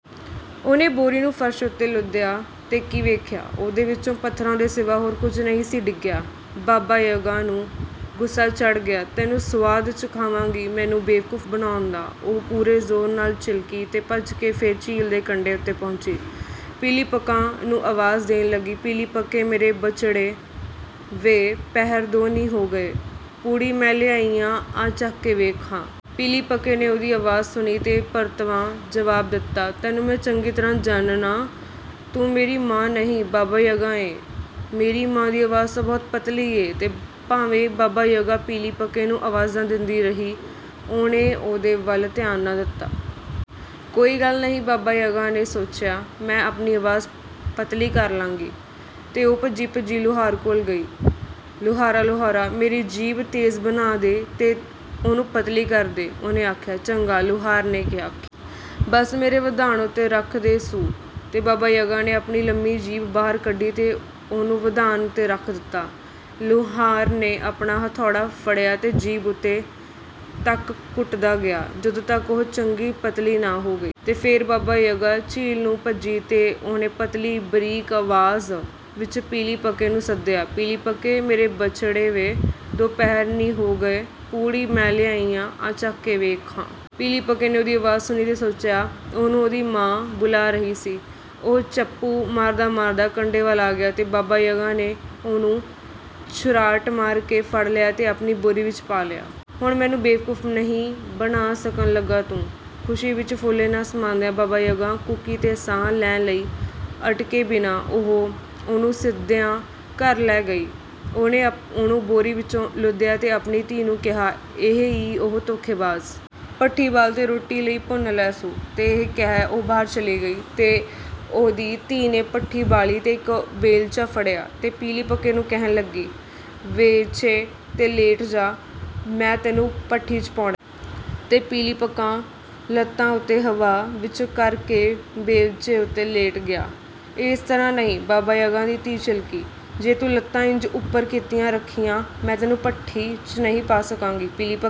ਉਹਨੇ ਬੋਰੀ ਨੂੰ ਫ਼ਰਸ਼ ਉੱਤੇ ਲੁਦਿਆ ਤੇ ਕੀ ਵੇਖਿਆ! ਉਹਦੇ ਵਿਚੋਂ ਪੱਥਰਾਂ ਦੇ ਸਿਵਾ ਹੋਰ ਕੁਝ ਨਹੀਂ ਸੀ ਡਿਗਿਆ। ਬਾਬਾ-ਯਗਾ ਨੂੰ ਗੁੱਸਾ ਚੜ੍ਹ ਗਿਆ। "ਤੈਨੂੰ ਸੁਆਦ ਚਖਾਵਾਂਗੀ, ਮੈਨੂੰ ਬੇਵਕੂਫ਼ ਬਣਾਉਣ ਦਾ!" ਉਹ ਪੂਰੇ ਜ਼ੋਰ ਨਾਲ ਚਿਲਕੀ ਤੇ ਭੱਜ ਕੇ ਫੇਰ ਝੀਲ ਦੇ ਕੰਢੇ ਉੱਤੇ ਪਹੁੰਚੀ, ਪਿਲੀਪਕਾ ਨੂੰ ਆਵਾਜ਼ ਦੇਣ ਲੱਗੀ, "ਪਿਲੀਪਕੇ, ਮੇਰੇ ਬਚੜੇ, ਵੇ, ਪਹਿਰ ਦੋ ਨੀ ਹੋ ਗਏ, ਪੂੜੀ ਮੈਂ ਲਿਆਈ ਆਂ, ਆ ਚੱਖ ਕੇ ਵੇਖ ਖਾਂ। ਪਿਲੀਪਕੇ ਨੇ ਉਹਦੀ ਆਵਾਜ਼ ਸੁਣੀ ਤੇ ਪਰਤਵਾਂ ਜਵਾਬ ਦਿੱਤਾ, "ਤੈਨੂੰ ਮੈਂ ਚੰਗੀ ਤਰ੍ਹਾਂ ਜਾਣਨਾਂ। ਤੂੰ ਮੇਰੀ ਮਾਂ ਨਹੀਂ, ਬਾਬਾ-ਯਗਾ ਏਂ। ਮੇਰੀ ਮਾਂ ਦੀ ਆਵਾਜ਼ ਤਾਂ ਬਹੁਤ ਪਤਲੀ ਏ।" ਤੇ ਭਾਵੇਂ ਬਾਬਾ-ਯਗਾ ਪਿਲੀਪਕੇ ਨੂੰ ਆਵਾਜ਼ਾਂ ਦਿੰਦੀ ਰਹੀ, ਉਹਨੇ ਉਹਦੇ ਵੱਲ ਧਿਆਨ ਨਾ ਦਿੱਤਾ। "ਕੋਈ ਗੱਲ ਨਹੀਂ," ਬਾਬਾ-ਯਗਾ ਨੇ ਸੋਚਿਆ, "ਮੈਂ ਆਪਣੀ ਆਵਾਜ਼ ਪਤਲੀ ਕਰ ਲਾਂਗੀ।" ਤੇ ਉਹ ਭੱਜੀ-ਭੱਜੀ ਲੁਹਾਰ ਕੋਲ ਗਈ। "ਲੁਹਾਰਾ, ਲੁਹਾਰਾ, ਮੇਰੀ ਜੀਭ ਤੇਜ਼ ਬਣਾ ਦੇ ਤੇ ਉਹਨੂੰ ਪਤਲੀ ਕਰ ਦੇ," ਉਹਨੇ ਆਖਿਆ। "ਚੰਗਾ," ਲੁਹਾਰ ਨੇ ਆਖਿਆ। "ਬਸ ਮੇਰੇ ਵਧਾਣ ਉੱਤੇ ਰੱਖ ਦੇ ਸੁ।" ਤੇ ਬਾਬਾ-ਯਗਾ ਨੇ ਆਪਣੀ ਲੰਮੀ ਜੀਭ ਬਾਹਰ ਕੱਢੀ ਤੇ ਉਹਨੂੰ ਵਧਾਣ ਉੱਤੇ ਰੱਖ ਦਿੱਤਾ। ਲੁਹਾਰ ਨੇ ਆਪਣਾ ਹਥੌੜਾ ਫੜਿਆ ਤੇ ਜੀਭ ਓਦੋਂ ਤਕ ਕੁੱਟਦਾ ਗਿਆ, ਜਦੋਂ ਤਕ ਉਹ ਚੰਗੀ ਪਤਲੀ ਨਾ ਹੋ ਗਈ। ਤੇ ਫੇਰ ਬਾਬਾ-ਯਗਾ ਝੀਲ ਨੂੰ ਭੱਜੀ ਤੇ ਉਹਨੇ ਪਤਲੀ, ਬਰੀਕ ਆਵਾਜ਼ ਵਿੱਚ ਪਿਲੀਪਕੇ ਨੂੰ ਸੱਦਿਆ, "ਪਿਲੀਪਕੇ, ਮੇਰੇ ਬਚੜੇ, ਵੇ, ਦੋ ਪਹਿਰ ਨੀ ਹੋ ਗਏ, ਪੂੜੀ ਮੈਂ ਲਿਆਈ ਆਂ, ਆ ਚੱਖ ਕੇ ਵੇਖ ਖਾਂ!" ਪਿਲੀਪਕੇ ਨੇ ਉਹਦੀ ਆਵਾਜ਼ ਸੁਣੀ ਤੇ ਸੋਚਿਆ, ਉਹਨੂੰ ਉਹਦੀ ਮਾਂ ਬੁਲਾ ਰਹੀ ਸੀ। ਉਹ ਚੱਪੂ ਮਾਰਦਾ-ਮਾਰਦਾ ਕੰਢੇ ਵੱਲ ਆ ਗਿਆ ਤੇ ਬਾਬਾ-ਯਗਾ ਨੇ ਉਹਨੂੰ ਝੁਰਾਟ ਮਾਰ ਕੇ ਫੜ ਲਿਆ ਤੇ ਆਪਣੀ ਬੋਰੀ ਵਿੱਚ ਪਾ ਲਿਆ। "ਹੁਣ ਮੈਨੂੰ ਬੇਵਕੂਫ਼ ਨਹੀਂ ਬਣਾ ਸਕਣ ਲੱਗਾ ਤੂੰ!" ਖੁਸ਼ੀ ਵਿੱਚ ਫੁੱਲੇ ਨਾ ਸਮਾਂਦਿਆਂ, ਬਾਬਾ-ਯਗਾ ਕੂਕੀ ਤੇ ਸਾਹ ਲੈਣ ਲਈ ਅਟਕੇ ਬਿਨਾਂ ਉਹ ਉਹਨੂੰ ਸਿੱਧਿਆਂ ਘਰ ਲੈ ਗਈ। ਉਹਨੇ ਉਹਨੂੰ ਬੋਰੀ ਵਿਚੋਂ ਲੁਦਿਆ ਤੇ ਆਪਣੀ ਧੀ ਨੂੰ ਕਿਹਾ, "ਇਹ ਈ ਉਹ ਧੋਖੇਬਾਜ਼! ਭੱਠੀ ਬਾਲ ਤੇ ਰੋਟੀ ਲਈ ਭੁੰਨ ਲੈ ਸੁ।" ਤੇ ਇਹ ਕਹਿ ਉਹ ਬਾਹਰ ਚਲੀ ਗਈ। ਤੇ ਉਹਦੀ ਧੀ ਨੇ ਭੱਠੀ ਬਾਲੀ ਤੇ ਇਕ ਬੇਲਚਾ ਫੜਿਆ, ਤੇ ਪਿਲੀਪਕੇ ਨੂੰ ਕਹਿਣ ਲੱਗੀ, "ਬੇਲਚੇ 'ਤੇ ਲੇਟ ਜਾ, ਮੈਂ ਤੈਨੂੰ ਭੱਠੀ 'ਚ ਪਾਉਣੈ।" ਤੇ ਪਿਲੀਪਕਾ ਲੱਤਾਂ ਉੱਤੇ ਹਵਾ ਵਿੱਚ ਕਰ ਕੇ ਬੇਲਚੇ ਉੱਤੇ ਲੇਟ ਗਿਆ। "ਏਸ ਤਰ੍ਹਾਂ ਨਹੀਂ!" ਬਾਬਾ-ਯਗਾ ਦੀ ਧੀ ਚਿਲਕੀ। "ਜੇ ਤੂੰ ਲੱਤਾਂ ਇੰਜ ਉੱਪਰ ਕੀਤੀਆਂ ਰੱਖੀਆਂ, ਮੈਂ ਤੈਨੂੰ ਭੱਠੀ 'ਚ ਨਹੀਂ ਪਾ ਸਕਾਂਗੀ।" ਪਿਲੀਪਕੇ